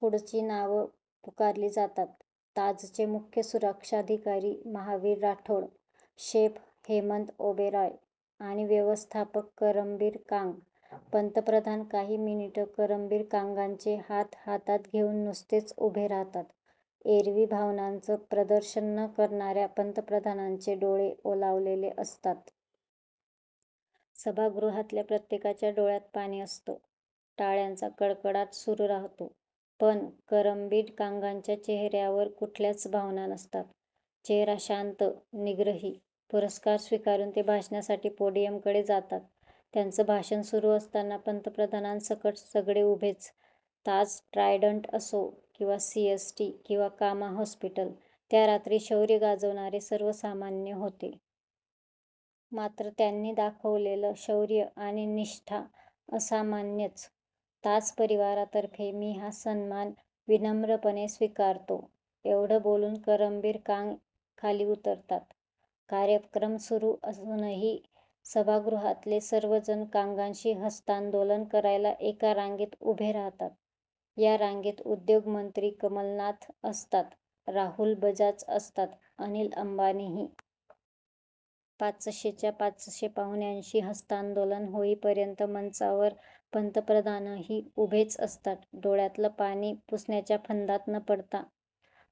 पुढची नावं पुकारली जातात. ताजचे मुख्य सुरक्षाधिकारी महावीर राठौड, शेफ हेमंत ओबेरॉय आणि व्यवस्थापक करमबीर कांग. पंतप्रधान काही मिनिटं करमबीर कांगांचे हात हातात घेऊन नुसतेच उभे राहतात. एरवी भावनांचं प्रदर्शन न करणाऱ्या पंतप्रधानांचे डोळे ओलावलेले असतात. सभागृहातल्या प्रत्येकाच्या डोळ्यात पाणी असतं. टाळ्यांचा कडकडाट सुरू राहतो. पण करमबीर कांगांच्या चेहऱ्यावर कुठल्याच भावना नसतात. चेहरा शांत, निग्रही. पुरस्कार स्वीकारून ते भाषणासाठी पोडियमकडे जातात. त्यांचं भाषण सुरू असताना पंतप्रधानांसकट सगळे उभेच. ताज-ट्रायडण्ट असो किंवा सीएसटी किंवा कामा हॉस्पिटल, त्या रात्री शौर्य गाजवणारे सर्व सामान्य होते. मात्र त्यांनी दाखवलेलं शौर्य आणि निष्ठा असामान्यच. ताज परिवारातर्फे मी हा सन्मान विनम्रपणे स्वीकारतो, एवढं बोलून करमबीर कांग खाली उतरतात. कार्यक्रम सुरू असूनही सभागृहातले सर्वजण कांगांशी हस्तांदोलन करायला एका रांगेत उभे राहतात. या रांगेत उद्योगमंत्री कमलनाथ असतात, राहुल बजाज असतात, अनिल अंबानीही. पाचशेच्या पाचशे पाहुण्यांशी हस्तांदोलन होईपर्यंत मंचावर पंतप्रधानही उभेच असतात. डोळ्यातलं पाणी पुसण्याच्या फंदात न पडता.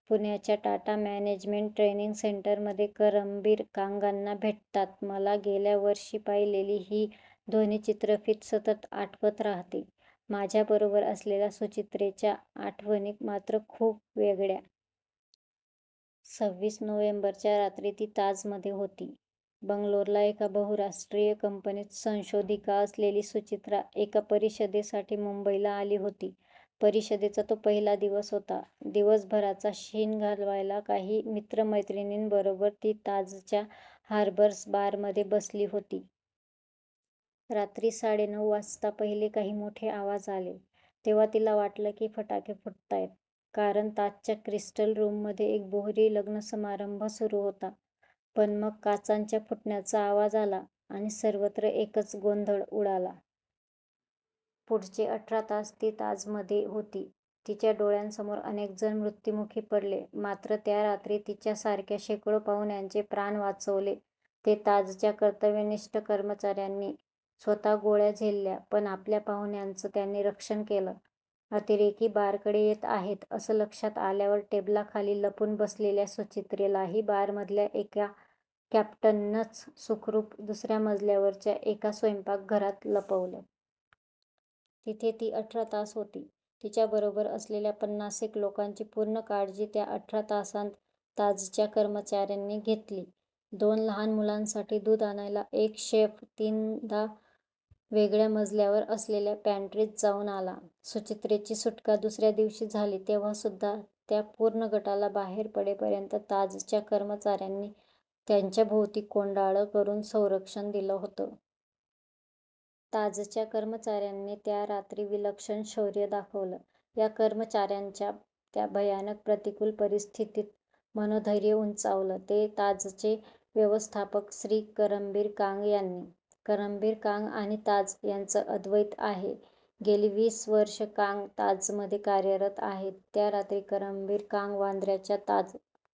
पुण्याच्या टाटा मॅनेजमेंट ट्रेनिंग सेंटरमध्ये करमबीर कांगांना भेटताना मला गेल्या वर्षी पाहिलेली ही ध्वनिचित्रफीत सतत आठवत राहते. माझ्याबरोबर असलेल्या सुचित्रेच्या आठवणी मात्र खूप वेगळ्या. सव्वीस नोव्हेंबरच्या रात्री ती ताजमध्ये होती. बंगलोरला एका बहुराष्ट्रीय कंपनीत संशोधिका असलेली सुचित्रा एका परिषदेसाठी मुंबईला आली होती. परिषदेचा तो पहिला दिवस होता. दिवसभराचा शीण घालवायला काही मित्रमैत्रिणींबरोबर ती ताजच्या हार्बर्स बारमध्ये बसली होती. रात्री साडेनऊ वाजता पहिले काही मोठे आवाज आले, तेव्हा तिला वाटलं की फटाके फुटतायेत, कारण ताजच्या क्रिस्टल रूममध्ये एक बोहरी लग्नसमारंभ सुरू होता. पण मग काचांच्या फुटण्याचा आवाज आला, आणि सर्वत्र एकच गोंधळ उडाला. पुढचे अठरा तास ती ताजमध्ये होती. तिच्या डोळ्यांसमोर अनेकजण मृत्युमुखी पडले. मात्र त्या रात्री तिच्यासारख्या शेकडो पाहुण्यांचे प्राण वाचवले ते ताजच्या कर्तव्यनिष्ठ कर्मचाऱ्यांनी. स्वतः गोळ्या झेलल्या, पण आपल्या पाहुण्यांचं त्यांनी रक्षण केलं. अतिरेकी बारकडे येत आहेत असं लक्षात आल्यावर टेबलाखाली लपून बसलेल्या सुचित्रेलाही बारमधल्या एका कॅप्टननंच सुखरूप दुसऱ्या मजल्यावरच्या एका स्वयंपाकघरात लपवलं. तिथे ती अठरा तास होती. तिच्याबरोबर असलेल्या पन्नासेक लोकांची पूर्ण काळजी त्या अठरा तासांत ताजच्या कर्मचाऱ्यांनी घेतली. दोन लहान मुलांसाठी दूध आणायला एक शेफ तीनदा वेगळ्या मजल्यावर असलेल्या पॅन्ट्रीत जाऊन आला. सुचित्रेची सुटका दुसऱ्या दिवशी झाली तेव्हासुद्धा त्या पूर्ण गटाला बाहेर पडेपर्यंत ताजच्या कर्मचाऱ्यांनी त्यांच्याभोवती कोंडाळं करून संरक्षण दिलं होतं. ताजच्या कर्मचाऱ्यांनी त्या रात्री विलक्षण शौर्य दाखवलं. या कर्मचाऱ्यांचं त्या भयानक प्रतिकूल परिस्थितीत मनोधैर्य उंचावलं ते ताजचे व्यवस्थापक श्री. करमबीर कांग यांनी. करमबीर कांग आणि ताज यांचं अद्वैत आहे. गेली वीस वर्षं कांग ताजमध्ये कार्यरत आहेत. त्या रात्री करमबीर कांग वांद्र्याच्या ताज